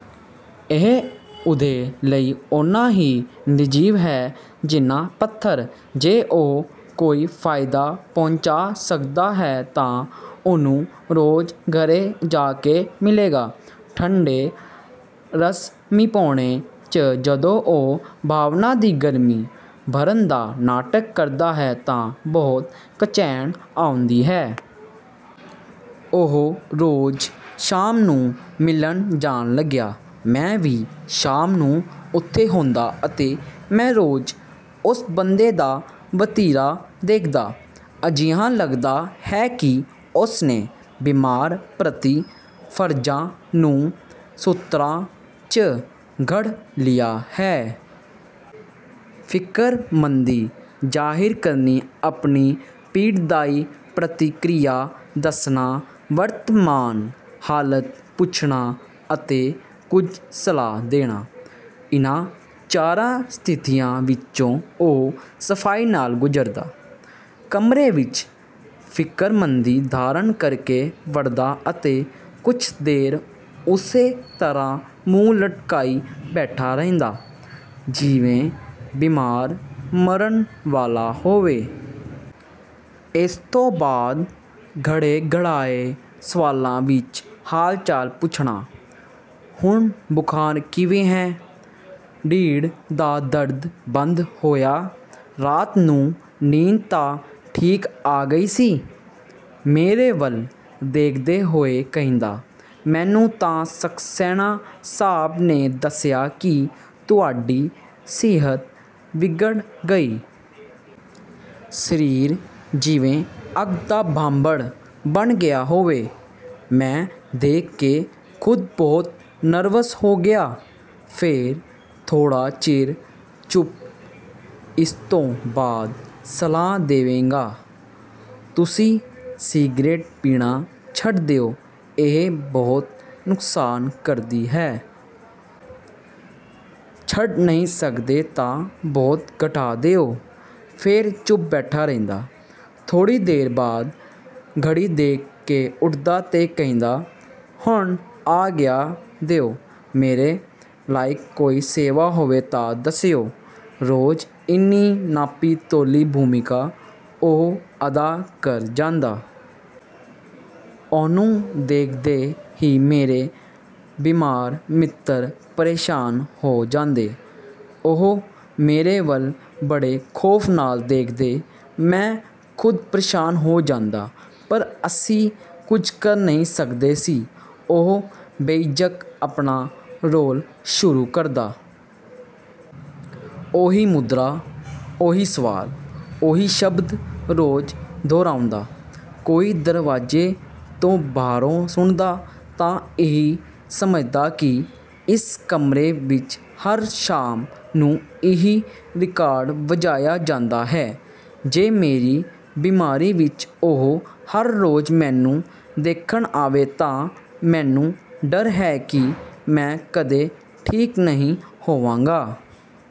ਇਹ ਉਹਦੇ ਲਈ ਓਨਾ ਹੀ ਨਿਰਜੀਵ ਹੈ ਜਿੰਨਾ ਪੱਥਰ। ਜੇ ਉਹ ਕੋਈ ਫਾਇਦਾ ਪਹੁੰਚਾ ਸਕਦਾ ਹੈ ਤਾਂ ਉਹਨੂੰ ਰੋਜ਼ ਘਰੇ ਜਾ ਕੇ ਮਿਲੇਗਾ। ਠੰਡੇ ਰਸਮੀਪੁਣੇ 'ਚ ਜਦੋਂ ਉਹ ਭਾਵਨਾ ਦੀ ਗਰਮੀ ਭਰਨ ਦਾ ਨਾਟਕ ਕਰਦਾ ਹੈ ਤਾਂ ਬਹੁਤ ਕਚੈਣ ਆਉਂਦੀ ਹੈ। ਉਹ ਰੋਜ਼ ਸ਼ਾਮ ਨੂੰ ਮਿਲਣ ਜਾਣ ਲੱਗਿਆ। ਮੈਂ ਵੀ ਸ਼ਾਮ ਨੂੰ ਉੱਥੇ ਹੁੰਦਾ ਅਤੇ ਮੈਂ ਰੋਜ਼ ਉਸ ਬੰਦੇ ਦਾ ਵਤੀਰਾ ਦੇਖਦਾ। ਅਜਿਹਾ ਲਗਦਾ ਹੈ ਕਿ ਉਸਨੇ ਬਿਮਾਰ ਪ੍ਰਤੀ ਫਰਜ਼ਾਂ ਨੂੰ ਸੂਤਰਾਂ 'ਚ ਘੜ ਲਿਆ ਹੈ। ਫਿਕਰਮੰਦੀ ਜ਼ਾਹਿਰ ਕਰਨੀ, ਆਪਣੀ ਪੀੜਦਾਈ ਪ੍ਰਤੀਕਿਰਿਆ ਦੱਸਣਾ, ਵਰਤਮਾਨ ਹਾਲਤ ਪੁੱਛਣਾ ਅਤੇ ਕੁਝ ਸਲਾਹ ਦੇਣਾ। ਇਹਨਾਂ ਚਾਰਾਂ ਸਥਿਤੀਆਂ ਵਿੱਚੋਂ ਉਹ ਸਫਾਈ ਨਾਲ ਗੁਜ਼ਰਦਾ। ਕਮਰੇ ਵਿੱਚ ਫਿਕਰਮੰਦੀ ਧਾਰਨ ਕਰਕੇ ਵੜਦਾ ਅਤੇ ਕੁਝ ਦੇਰ ਉਸੇ ਤਰ੍ਹਾਂ ਮੂੰਹ ਲਟਕਾਈ ਬੈਠਾ ਰਹਿੰਦਾ, ਜਿਵੇਂ ਬਿਮਾਰ ਮਰਨ ਵਾਲਾ ਹੋਵੇ। ਇਸਤੋਂ ਬਾਅਦ ਘੜੇ-ਘੜਾਏ ਸਵਾਲਾਂ ਵਿੱਚ ਹਾਲਚਾਲ ਪੁੱਛਣਾ। "ਹੁਣ ਬੁਖਾਰ ਕਿਵੇਂ ਹੈ? ਢਿੱਡ ਦਾ ਦਰਦ ਬੰਦ ਹੋਇਆ? ਰਾਤ ਨੂੰ ਨੀਂਦ ਤਾਂ ਠੀਕ ਆ ਗਈ ਸੀ?" ਮੇਰੇ ਵੱਲ ਦੇਖਦੇ ਹੋਏ ਕਹਿੰਦਾ, "ਮੈਨੂੰ ਤਾਂ ਸਕਸੈਨਾ ਸਾਹਬ ਨੇ ਦੱਸਿਆ ਕਿ ਤੁਹਾਡੀ ਸਿਹਤ ਵਿਗੜ ਗਈ। ਸਰੀਰ ਜਿਵੇਂ ਅੱਗ ਦਾ ਭਾਂਬੜ ਬਣ ਗਿਆ ਹੋਵੇ। ਮੈਂ ਦੇਖ ਕੇ ਖੁਦ ਬਹੁਤ ਨਰਵਸ ਹੋ ਗਿਆ।" ਫਿਰ ਥੋੜਾ ਚਿਰ ਚੁੱਪ। ਇਸਤੋਂ ਬਾਅਦ ਸਲਾਹ ਦੇਵੇਗਾ, "ਤੁਸੀਂ ਸਿਗਰਟ ਪੀਣਾ ਛੱਡ ਦਿਓ। ਇਹ ਬਹੁਤ ਨੁਕਸਾਨ ਕਰਦੀ ਹੈ। ਛੱਡ ਨਹੀਂ ਸਕਦੇ ਤਾਂ ਬਹੁਤ ਘਟਾ ਦਿਓ।" ਫਿਰ ਚੁੱਪ ਬੈਠਾ ਰਹਿੰਦਾ। ਥੋੜੀ ਦੇਰ ਬਾਅਦ ਘੜੀ ਦੇਖ ਕੇ ਉੱਠਦਾ ਤੇ ਕਹਿੰਦਾ, "ਹੁਣ ਆਗਿਆ ਦਿਓ, ਮੇਰੇ ਲਾਇਕ ਕੋਈ ਸੇਵਾ ਹੋਵੇ ਤਾਂ ਦੱਸਿਓ।" ਰੋਜ਼ ਇੰਨੀ ਨਾਪੀ-ਤੋਲੀ ਭੂਮਿਕਾ ਉਹ ਅਦਾ ਕਰ ਜਾਂਦਾ। ਉਹਨੂੰ ਦੇਖਦੇ ਹੀ ਮੇਰੇ ਬਿਮਾਰ ਮਿੱਤਰ ਪ੍ਰੇਸ਼ਾਨ ਹੋ ਜਾਂਦੇ। ਉਹ ਮੇਰੇ ਵੱਲ ਬੜੇ ਖੌਫ ਨਾਲ ਦੇਖਦੇ। ਮੈਂ ਖੁਦ ਪ੍ਰੇਸ਼ਾਨ ਹੋ ਜਾਂਦਾ, ਪਰ ਅਸੀਂ ਕੁਝ ਕਰ ਨਹੀਂ ਸਕਦੇ ਸੀ। ਉਹ ਬੇਝਿਜਕ ਆਪਣਾ ਰੋਲ ਸ਼ੁਰੂ ਕਰਦਾ। ਉਹੀ ਮੁਦਰਾ, ਉਹੀ ਸਵਾਲ, ਉਹੀ ਸ਼ਬਦ ਰੋਜ਼ ਦੁਹਰਾਉਂਦਾ। ਕੋਈ ਦਰਵਾਜ਼ੇ ਤੋਂ ਬਾਹਰੋਂ ਸੁਣਦਾ, ਤਾਂ ਇਹੀ ਸਮਝਦਾ ਕਿ ਇਸ ਕਮਰੇ ਵਿੱਚ ਹਰ ਸ਼ਾਮ ਨੂੰ ਇਹੀ ਰਿਕਾਰਡ ਵਜਾਇਆ ਜਾਂਦਾ ਹੈ। ਜੇ ਮੇਰੀ ਬਿਮਾਰੀ ਵਿੱਚ ਉਹ ਹਰ ਰੋਜ਼ ਮੈਨੂੰ ਦੇਖਣ ਆਵੇ ਤਾਂ ਮੈਨੂੰ ਡਰ ਹੈ ਕਿ ਮੈਂ ਕਦੇ ਠੀਕ ਨਹੀਂ ਹੋਵਾਂਗਾ।